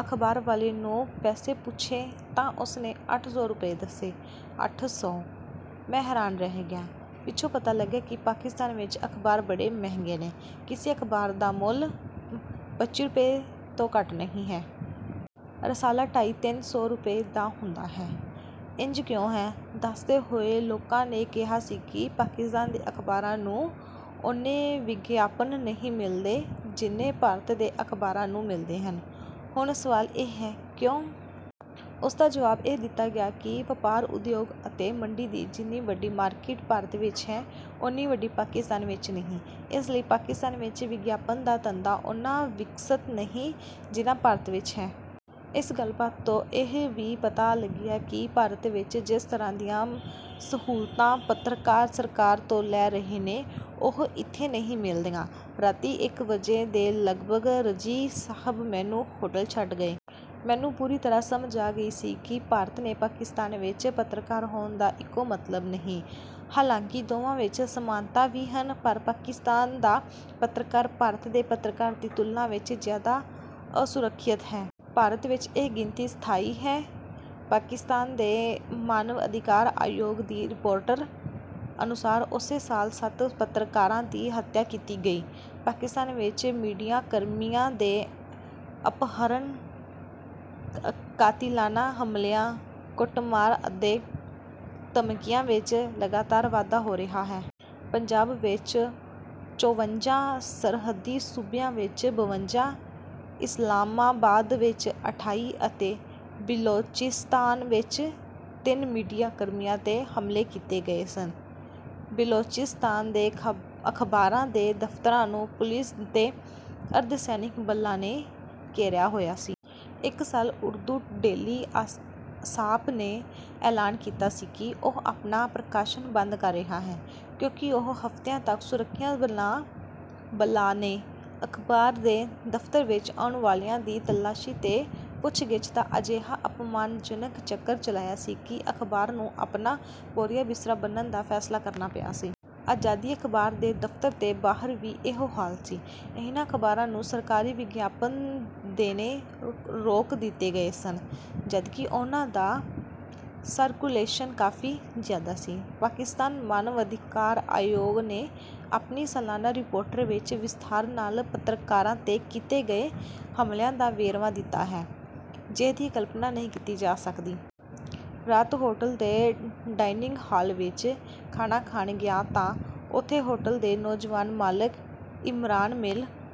ਅਖ਼ਬਾਰ ਵਾਲੇ ਨੂੰ ਪੈਸੇ ਪੁੱਛੇ ਤਾਂ ਉਸਨੇ ਅੱਠ ਸੌ ਰੁਪਏ ਦੱਸੇ। "ਅੱਠ ਸੌ!" ਮੈਂ ਹੈਰਾਨ ਰਹਿ ਗਿਆ। ਪਿੱਛੋਂ ਪਤਾ ਲੱਗਿਆ ਕਿ ਪਾਕਿਸਤਾਨ ਵਿੱਚ ਅਖ਼ਬਾਰ ਬੜੇ ਮਹਿੰਗੇ ਨੇ। ਕਿਸੇ ਅਖ਼ਬਾਰ ਦਾ ਮੁੱਲ ਪੱਚੀ ਰੁਪਏ ਤੋਂ ਘੱਟ ਨਹੀਂ ਹੈ। ਰਸਾਲਾ ਢਾਈ-ਤਿੰਨ ਸੌ ਰੁਪਏ ਦਾ ਹੁੰਦਾ ਹੈ। ਇੰਜ ਕਿਉਂ ਹੈ, ਦੱਸਦੇ ਹੋਏ ਲੋਕਾਂ ਨੇ ਕਿਹਾ ਸੀ ਕਿ ਪਾਕਿਸਤਾਨ ਦੇ ਅਖ਼ਬਾਰਾਂ ਨੂੰ ਓਨੇ ਵਿਗਿਆਪਨ ਨਹੀਂ ਮਿਲਦੇ ਜਿੰਨੇ ਭਾਰਤ ਦੇ ਅਖ਼ਬਾਰਾਂ ਨੂੰ ਮਿਲਦੇ ਹਨ। ਹੁਣ ਸਵਾਲ ਇਹ ਹੈ, ਕਿਉਂ? ਉਸਦਾ ਜਵਾਬ ਇਹ ਦਿੱਤਾ ਗਿਆ ਕਿ ਵਪਾਰ, ਉਦਯੋਗ ਅਤੇ ਮੰਡੀ ਦੀ ਜਿੰਨੀ ਵੱਡੀ ਮਾਰਕੀਟ ਭਾਰਤ ਵਿੱਚ ਹੈ, ਓਨੀ ਵੱਡੀ ਪਾਕਿਸਤਾਨ ਵਿੱਚ ਨਹੀਂ। ਇਸ ਲਈ ਪਾਕਿਸਤਾਨ ਵਿੱਚ ਵਿਗਿਆਪਨ ਦਾ ਧੰਦਾ ਓਨਾ ਵਿਕਸਤ ਨਹੀਂ ਹੈ, ਜਿੰਨਾ ਭਾਰਤ ਵਿੱਚ ਹੈ। ਇਸ ਗੱਲਬਾਤ ਤੋਂ ਇਹ ਵੀ ਪਤਾ ਲੱਗਿਆ ਕਿ ਭਾਰਤ ਵਿੱਚ ਜਿਸ ਤਰ੍ਹਾਂ ਦੀਆਂ ਸਹੂਲਤਾਂ ਪੱਤਰਕਾਰ ਸਰਕਾਰ ਤੋਂ ਲੈ ਰਹੇ ਨੇ, ਉਹ ਇੱਥੇ ਨਹੀਂ ਮਿਲਦੀਆਂ। ਰਾਤੀ ਇਕ ਵਜੇ ਦੇ ਲਗਭਗ ਰਜ਼ੀ ਸਾਹਬ ਮੈਨੂੰ ਹੋਟਲ ਛੱਡ ਗਏ। ਮੈਨੂੰ ਪੂਰੀ ਤਰ੍ਹਾਂ ਸਮਝ ਆ ਗਈ ਸੀ ਕਿ ਭਾਰਤ ਤੇ ਪਾਕਿਸਤਾਨ ਵਿੱਚ ਪੱਤਰਕਾਰ ਹੋਣ ਦਾ ਇਕੋ ਮਤਲਬ ਨਹੀਂ। ਹਾਲਾਂਕਿ ਦੋਵਾਂ ਵਿੱਚ ਸਮਾਨਤਾਵਾਂ ਵੀ ਹਨ, ਪਰ ਪਾਕਿਸਤਾਨ ਦਾ ਪੱਤਰਕਾਰ ਭਾਰਤ ਦੇ ਪੱਤਰਕਾਰ ਦੀ ਤੁਲਨਾ ਵਿੱਚ ਜ਼ਿਆਦਾ ਅਸੁਰੱਖਿਅਤ ਹੈ। ਭਾਰਤ ਵਿੱਚ ਇਹ ਗਿਣਤੀ ਸਤਾਈ ਹੈ। ਪਾਕਿਸਤਾਨ ਦੇ ਮਾਨਵ ਅਧਿਕਾਰ ਆਯੋਗ ਦੀ ਰਿਪੋਰਟ ਅਨੁਸਾਰ ਉਸੇ ਸਾਲ ਸੱਤ ਪੱਤਰਕਾਰਾਂ ਦੀ ਹੱਤਿਆ ਕੀਤੀ ਗਈ। ਪਾਕਿਸਤਾਨ ਵਿੱਚ ਮੀਡੀਆ ਕਰਮੀਆਂ ਦੇ ਅਪਹਰਣ, ਕਾਤਿਲਾਨਾ ਹਮਲਿਆਂ, ਕੁੱਟਮਾਰ ਅਤੇ ਧਮਕੀਆਂ ਵਿੱਚ ਲਗਾਤਾਰ ਵਾਧਾ ਹੋ ਰਿਹਾ ਹੈ। ਪੰਜਾਬ ਵਿੱਚ ਚੌਂਵੰਜਾ, ਸਰਹੱਦੀ ਸੂਬਿਆਂ ਵਿੱਚ ਬਵੰਜਾ, ਇਸਲਾਮਾਬਾਦ ਵਿੱਚ ਅਠਾਈ ਅਤੇ ਬਿਲੋਚਿਸਤਾਨ ਵਿੱਚ ਤਿੰਨ ਮੀਡੀਆ ਕਰਮੀਆਂ 'ਤੇ ਹਮਲੇ ਕੀਤੇ ਗਏ ਸਨ। ਬਿਲੋਚਿਸਤਾਨ ਦੇ ਅਖ਼ਬਾਰਾਂ ਦੇ ਦਫ਼ਤਰਾਂ ਨੂੰ ਪੁਲਿਸ ਤੇ ਅਰਧ-ਸੈਨਿਕ ਬਲਾਂ ਨੇ ਘੇਰਿਆ ਹੋਇਆ ਸੀ। ਇੱਕ ਸਾਲ ਉਰਦੂ ਡੇਲੀ 'ਆਸਾਪ' ਨੇ ਐਲਾਨ ਕੀਤਾ ਸੀ ਕਿ ਉਹ ਆਪਣਾ ਪ੍ਰਕਾਸ਼ਨ ਬੰਦ ਕਰ ਰਿਹਾ ਹੈ, ਕਿਉਂਕਿ ਦੋ ਹਫ਼ਤਿਆਂ ਤੱਕ ਸੁਰੱਖਿਆ ਬਲਾਂ ਨੇ ਅਖ਼ਬਾਰ ਦੇ ਦਫ਼ਤਰ ਵਿੱਚ ਆਉਣ ਵਾਲਿਆਂ ਦੀ ਤਲਾਸ਼ੀ ਤੇ ਪੁੱਛਗਿੱਛ ਦਾ ਅਜਿਹਾ ਅਪਮਾਨਜਨਕ ਚੱਕਰ ਚਲਾਇਆ ਸੀ ਕਿ ਅਖ਼ਬਾਰ ਨੂੰ ਆਪਣਾ ਬੋਰੀਆ-ਬਿਸਤਰਾ ਬੰਨ੍ਹਣ ਦਾ ਫ਼ੈਸਲਾ ਕਰਨਾ ਪਿਆ ਸੀ। 'ਆਜ਼ਾਦੀ' ਅਖ਼ਬਾਰ ਦੇ ਦਫ਼ਤਰ ਦੇ ਬਾਹਰ ਵੀ ਇਹੋ ਹਾਲ ਸੀ। ਇਹਨਾਂ ਅਖ਼ਬਾਰਾਂ ਨੂੰ ਸਰਕਾਰੀ ਵਿਗਿਆਪਨ ਦੇਣੇ ਰੋਕ ਦਿੱਤੇ ਗਏ ਸਨ, ਜਦਕਿ ਉਹਨਾਂ ਦਾ ਸਰਕੁਲੇਸ਼ਨ ਕਾਫ਼ੀ ਜ਼ਿਆਦਾ ਸੀ। ਪਾਕਿਸਤਾਨ ਮਾਨਵ ਅਧਿਕਾਰ ਆਯੋਗ ਨੇ ਆਪਣੀ ਸਾਲਾਨਾ ਰਿਪੋਰਟ ਵਿੱਚ ਵਿਸਥਾਰ ਨਾਲ ਪੱਤਰਕਾਰਾਂ 'ਤੇ ਕੀਤੇ ਗਏ ਹਮਲਿਆਂ ਦਾ ਵੇਰਵਾ ਦਿੱਤਾ ਹੈ, ਜਿਹਦੀ ਕਲਪਨਾ ਨਹੀਂ ਕੀਤੀ ਜਾ ਸਕਦੀ। ਰਾਤ ਹੋਟਲ ਦੇ ਡਾਇਨਿੰਗ ਹਾਲ ਵਿੱਚ ਖਾਣਾ ਖਾਣ ਗਿਆ ਤਾਂ ਉੱਥੇ ਹੋਟਲ ਦੇ ਨੌਜਵਾਨ ਮਾਲਕ ਇਮਰਾਨ ਮਿਲ...